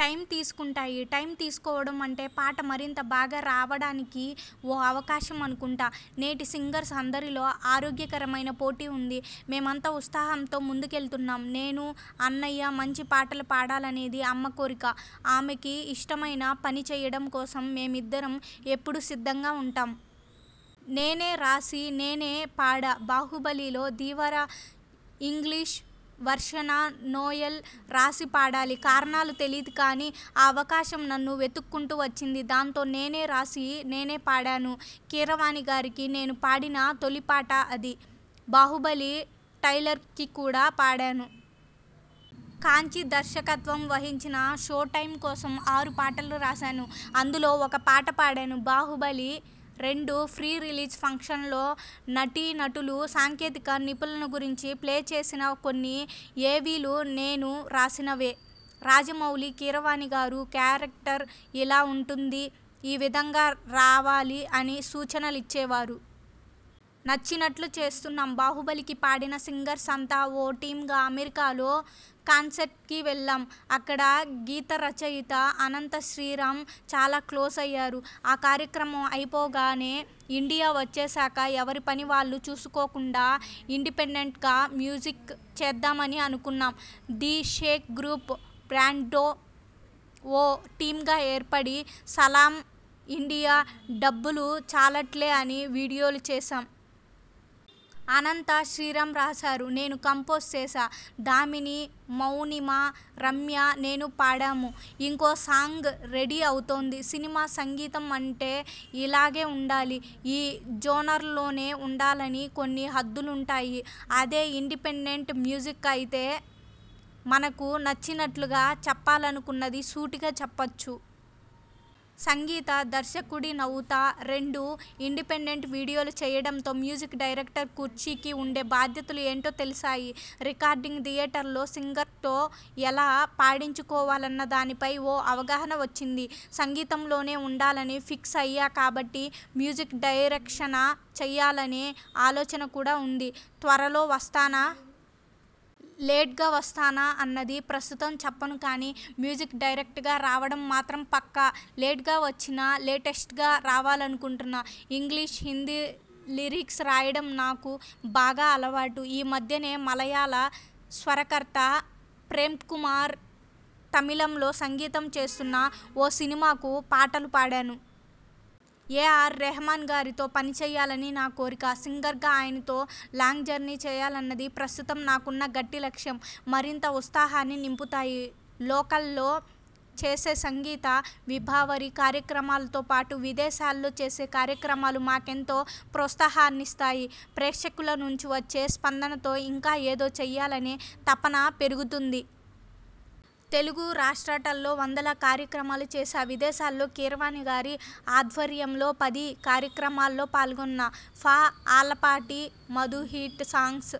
Time తీసుకుంటాయి. Time తీసుకోవడం అంటే పాట మరింత బాగా రావడానికి ఓ అవకాశం అనుకుంటా. నేటి సింగర్స్ అందరిలో ఆరోగ్యకరమైన పోటీ ఉంది. మేమంతా ఉత్సాహంతో ముందుకెళ్తున్నాం. నేను, అన్నయ్య మంచి పాటలు పాడాలనేది అమ్మ కోరిక. ఆమెకి ఇష్టమైన పని చెయ్యడం కోసం మేమిద్దరం ఎప్పుడూ సిద్ధంగా ఉంటాం. నేనే రాసి నేనే పాడాబాహుబలి లో ధీవర ఇంగ్లిష్ వెర్షన నోయల్ రాసి పాడాలి. కారణాలు తెలీదు కానీ ఆ అవకాశం నన్ను వెతుక్కుంటూ వచ్చింది. దాంతో నేనే రాసి నేనే పాడాను. కీరవాణిగారికి నేను పాడిన తొలి పాట అది. బాహుబలి ట్రైలర్స్కి కూడా పాడాను. కాంచీ దర్శకత్వం వహించిన షో టైమ్ కోసం ఆరు పాటలు రాశాను. అందులో ఒక పాట పాడాను. బాహుబలి-రెండు ప్రీ రిలీజ్ ఫంక్షనలో నటీనటులు, సాంకేతిక నిపుణుల గురించి ప్లే చేసిన కొన్ని ఏవీలు నేను రాసినవే. రాజమౌళి, కీరవాణిగారు క్యారెక్టర్ ఇలా ఉంటుంది. ఈ విధంగా రావాలి అని సూచనలిచ్చేవారు. నచ్చినట్లు చేస్తున్నాం బాహుబలి కి పాడిన సింగర్స్ అంతా ఓ టీమ్గా అమెరికాలో కాన్సెర్ట్కి వెళ్లాం. అక్కడ గీతరచయిత అనంత శ్రీరామ్ చాలా క్లోజ్ అయ్యారు. ఆ కార్యక్రమం అయిపోగానే ఇండియా వచ్చేశాక ఎవరి పని వాళ్లు చూసుకోకుండా ఇండిపెండెంట్గా మ్యూజిక్ చేద్దామని అనుకున్నాం. ది షేక్ గ్రూప్ బ్యాండ్తో ఓ టీమ్గా ఏర్పడి సలామ్ ఇండియా, డబ్బులు చాలట్లే అని వీడియోలు చేశాం. అనంత శ్రీరామ్ రాశారు. నేను కంపోజ్ చేశా. దామిని, మౌనిమ, రమ్య, నేను పాడాము. ఇంకో సాంగ్ రెడీ అవుతోంది. సినిమా సంగీతం అంటే ఇలాగే ఉండాలి, ఈ జోనర్లోనే ఉండాలని కొన్ని హద్దులుంటాయి. అదే ఇండిపెండెంట్ మ్యూజిక్ అయితే మనకు నచ్చినట్లుగా, చెప్పాలనుకున్నది సూటిగా చెప్పొచ్చు. సంగీత దర్శకుడినవుతారెండు ఇండిపెండెంట్ వీడియోలు చెయ్యడంతో మ్యూజిక్ డైరెక్టర్ కుర్చీకి ఉండే బాధ్యతలు ఏంటో తెలిశాయి. రికార్డింగ్ థియేటర్లో సింగర్తో ఎలా పాడించుకోవాలన్న దానిపై ఓ అవగాహన వచ్చింది. సంగీతంలోనే ఉండాలని ఫిక్స్ అయ్యా కాబట్టి మ్యూజిక్ డైరెక్షన చెయ్యాలనే ఆలోచన కూడా ఉంది. త్వరలో వస్తానా.. లేట్గా వస్తానా అన్నది ప్రస్తుతం చెప్పను కానీ మ్యూజిక్ డైరెక్టయాక్ట్ రావడం మాత్రం పక్కా. లేట్గా వచ్చినా లేటె్స్టగా రావాలనుకుంటున్నా. ఇంగ్లిష్, హిందీ లీరీ లిరిక్స్ రాయడం నాకు బాగా అలవాటు. ఈ మధ్యనే మలయాళ స్వరకర్త ప్రేమ్కుమార్ తమిళంలో సంగీతం చేస్తున్న ఓ సినిమాకు పాటలు పాడాను. ఏ. ఆర్. రెహమానగారితో పనిచెయ్యాలని నా కోరిక. సింగర్గా ఆయనతో లాంగ్ జర్నీ చెయ్యాలన్నది ప్రస్తుతం నాకున్న గట్టి లక్ష్యం. మరింత ఉత్సాహాన్ని నింపుతాయి.. లోకల్లో చేసే సంగీత విభావరి కార్యక్రమాలతోపాటు విదేశాల్లో చేసే కార్యక్రమాలు మాకెంతో ప్రోత్సాహాన్నిస్తాయి. ప్రేక్షకుల నుంచి వచ్చే స్పందనతో ఇంకా ఏదో చెయ్యాలనే తపన పెరుగుతుంది. తెలుగు రాషా్ట్రల్లో వందల కార్యక్రమాలు చేశా. విదేశాల్లో కీరవాణిగారి ఆధ్వర్యంలో పది కార్యక్రమాల్లో పాల్గొన్నా. ఫ ఆలపాటి మధుహిట్ సాంగ్స్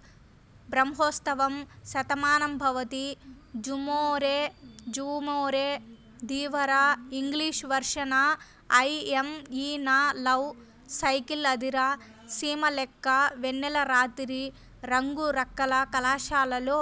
బ్రహ్మోత్సవం శతమానంభవతి జూమోరే.. జూమోరే.. Dheevara English version I am in love cycle అదిరా.. సీమ లెక్క వెన్నెల రాతిరి రంగు రక్కర కళాశాలలో.